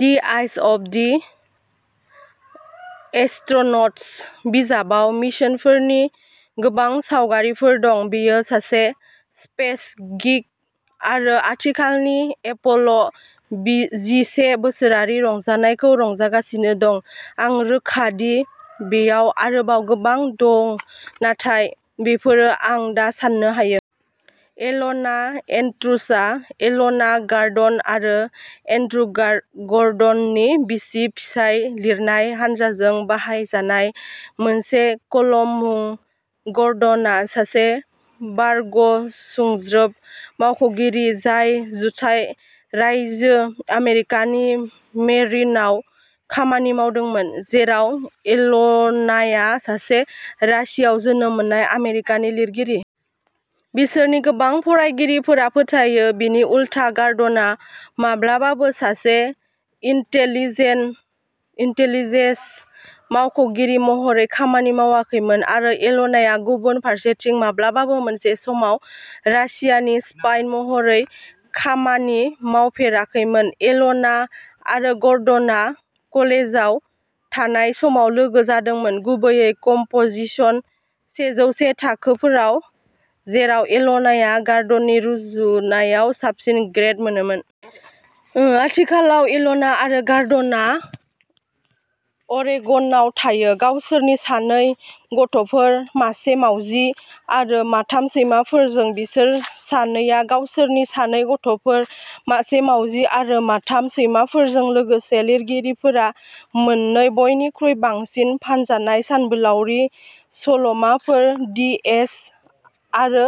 The eyes of the astronauts बिजाबाव मिशनफोरनि गोबां सावगारिफोर दं। बियो सासे स्पेस गीक आरो आथिखालनि एप'ल' जिसे बोसोरारि रंजानायखौ रंजागासिनो दं। आं रोखा दि बेयाव आरोबाव गोबां दं, नाथाय बेफोरो आं दा साननो हायो। इल'ना एन्ड्रुजआ इल'ना गार्डन आरो एन्ड्रु गा। गर्डननि बिसि-फिसाय लिरनाय हानजाजों बाहायजानाय मोनसे कलम मुं। गर्डनआ सासे बारग'सुंज्रोब मावख'गिरि जाय जुथाइ रायजो आमेरिकानि मेरिनआव खामानि मावदोंमोन, जेराव इल'नाया सासे रासियाव जोनोम मोननाय, आमेरिकानि लिरगिरि। बिसोरनि गोबां फरायगिरिफोरा फोथायो बिनि उलथा, गार्डनआ माब्लाबाबो सासे इन्टेलिजेन इन्टेलिजेन्स मावख'गिरि महरै खामानि मावाखैमोन आरो इल'नाया, गुबुन फारसेथिं, माब्लाबाबो मोनसे समाव रासियानि स्पाइ महरै खामानि मावफेराखैमोन। इल'ना आरो गर्डनआ कलेजाव थानाय समाव लोगो जादोंमोन, गुबैयै कम्प'जिशन सेजौ से थाखोफोराव, जेराव इल'नाया गार्डननि रुजुनायाव साबसिन ग्रेड मोनोमोन। आथिखालाव, इल'ना आरो गार्डनआ अरेगनआव थायो, गावसोरनि सानै गथ'फोर, मासे मावजि आरो माथाम सैमाफोरजों बिसोर सानैया गावसोरनि सानै गथ'फोर, मासे मावजि आरो माथाम सैमाफोरजों लोगोसे। लिरगिरिफोरा मोननै बयनिख्रुइ बांसिन फानजानाय सानबोलावरि सल'माफोर, दि एज आरो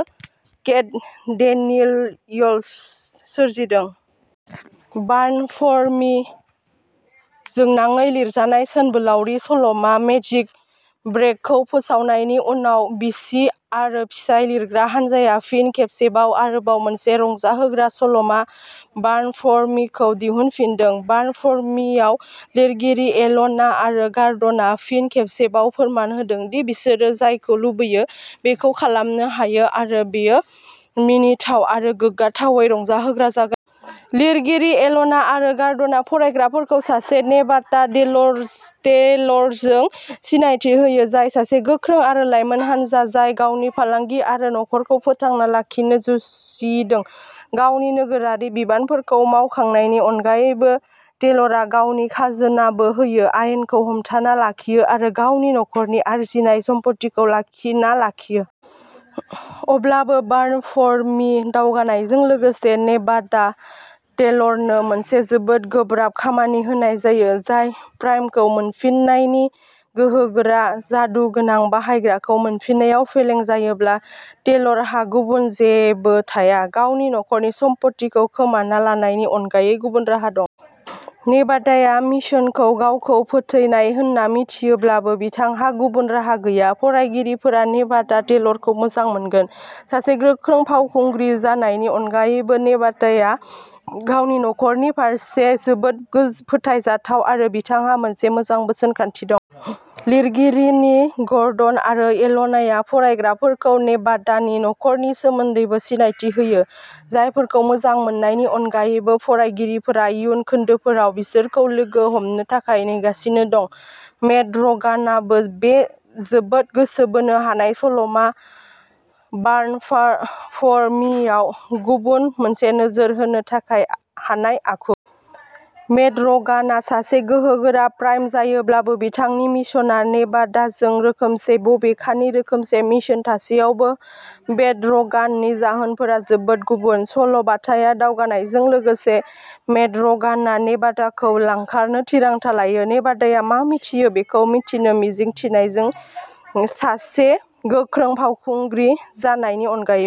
केट डेनियल्स सोरजिदों। बार्न फर मि जोंनाङै लिरजानाय सानबोलावरि सल'मा, मेजिक ब्रेक्सखौ फोसावनायनि उनाव, बिसि आरो फिसाय लिरग्रा हानजाया फिन खेबसेबाव आरोबाव मोनसे रंजाहोग्रा सल'मा, बार्न फर मिखौ दिहुनफिनदों। बार्न फर मिआव, लिरगिरि इल'ना आरो गार्डना फिन खेबसेबाव फोरमान होदों दि बिसोरो जायखौ लुबैयो बेखौ खालामनो हायो, आरो बेयो मिनिथाव आरो गोग्गाथावै रंजाहोग्रा जागोन। लिरगिरि इल'ना आरो गार्डना फरायग्राफोरखौ सासे नेभाडा टेलरजों सिनायथि होयो, जाय सासे गोख्रों आरो लाइमोन आइजो, जाय गावनि फालांगि आरो नखरखौ फोथांना लाखिनो जुजिदों। गावनि नोगोरारि बिबानफोरखौ मावखांनायनि अनगायैबो, टेलरा गावनि खाजोनाबो होयो, आयेनखौ हमथाना लाखियो आरो गावनि नखरनि आरजिनाय सम्फथिखौ लाखिना लाखियो। अब्लाबो, बार्न फर मि दावगानायजों लोगोसे, नेभाडा टेलरनो मोनसे जोबोद गोब्राब खामानि होनाय जायो, जाय प्राइमखौ मोनफिन्नायनि। गोहोगोरा जादुगोनां बाहायग्राखौ मोनफिन्नायाव फेलें जायोब्ला, टेलारहा गुबुन जेबो थाया। गावनि नखरनि सम्फथिखौ खोमाना लानायनि अनगायै गुबुन राहा दं। नेभादाया मिशनखौ गावखौ फोथैनाय होन्ना मिथियोब्लाबो, बिथांहा गुबुन राहा गैया। फरायगिरिफोरा नेभादा टेलरखौ मोजां मोनगोन। सासे गोख्रों फावखुंग्रि जानायनि अनगायैबो, नेभादाया गावनि नखरनि फारसे जोबोद फोथायजाथाव आरो बिथांहा मोनसे मोजां बोसोन खान्थि दं। लिरगिरिनि ग'र्डन आरो इल'नाया फरायग्राफोरखौ नेभादानि नखरनि सोमोन्दैबो सिनायथि होयो, जायफोरखौ मोजां मोननायनि अनगायैबो, फरायगिरिफोरा इयुननि खोन्दोफोराव बिसोरखौ लोगो हमनो थाखाय नेगासिनो दं। मेड र'गानाबो बे जोबोद गोसो बोनो हानाय सल'मा, बार्न फार फर मिआव गुबुन मोनसे नोजोर होनो हानाय आखु। मेड र'गानआ सासे गोहोगोरा प्राइम जायोब्लाबो, बिथांनि मिशनआ नेभादाजों रोखोमसे। बबेखानि, रोखोमसे मिशन थासेयावबो, मेड र'गाननि जाहोनफोरा जोबोद गुबुन। सल'बाथाया दावगानायजों लोगोसे, मेड र'गानआ नेभादाखौ लांखारनो थिरांथा लायो, नेभादाया मा मिथियो बेखौ मिथिनो मिजिं थिनायजों। सासे गोख्रों फावखुंग्रि जानायनि अनगायैबो।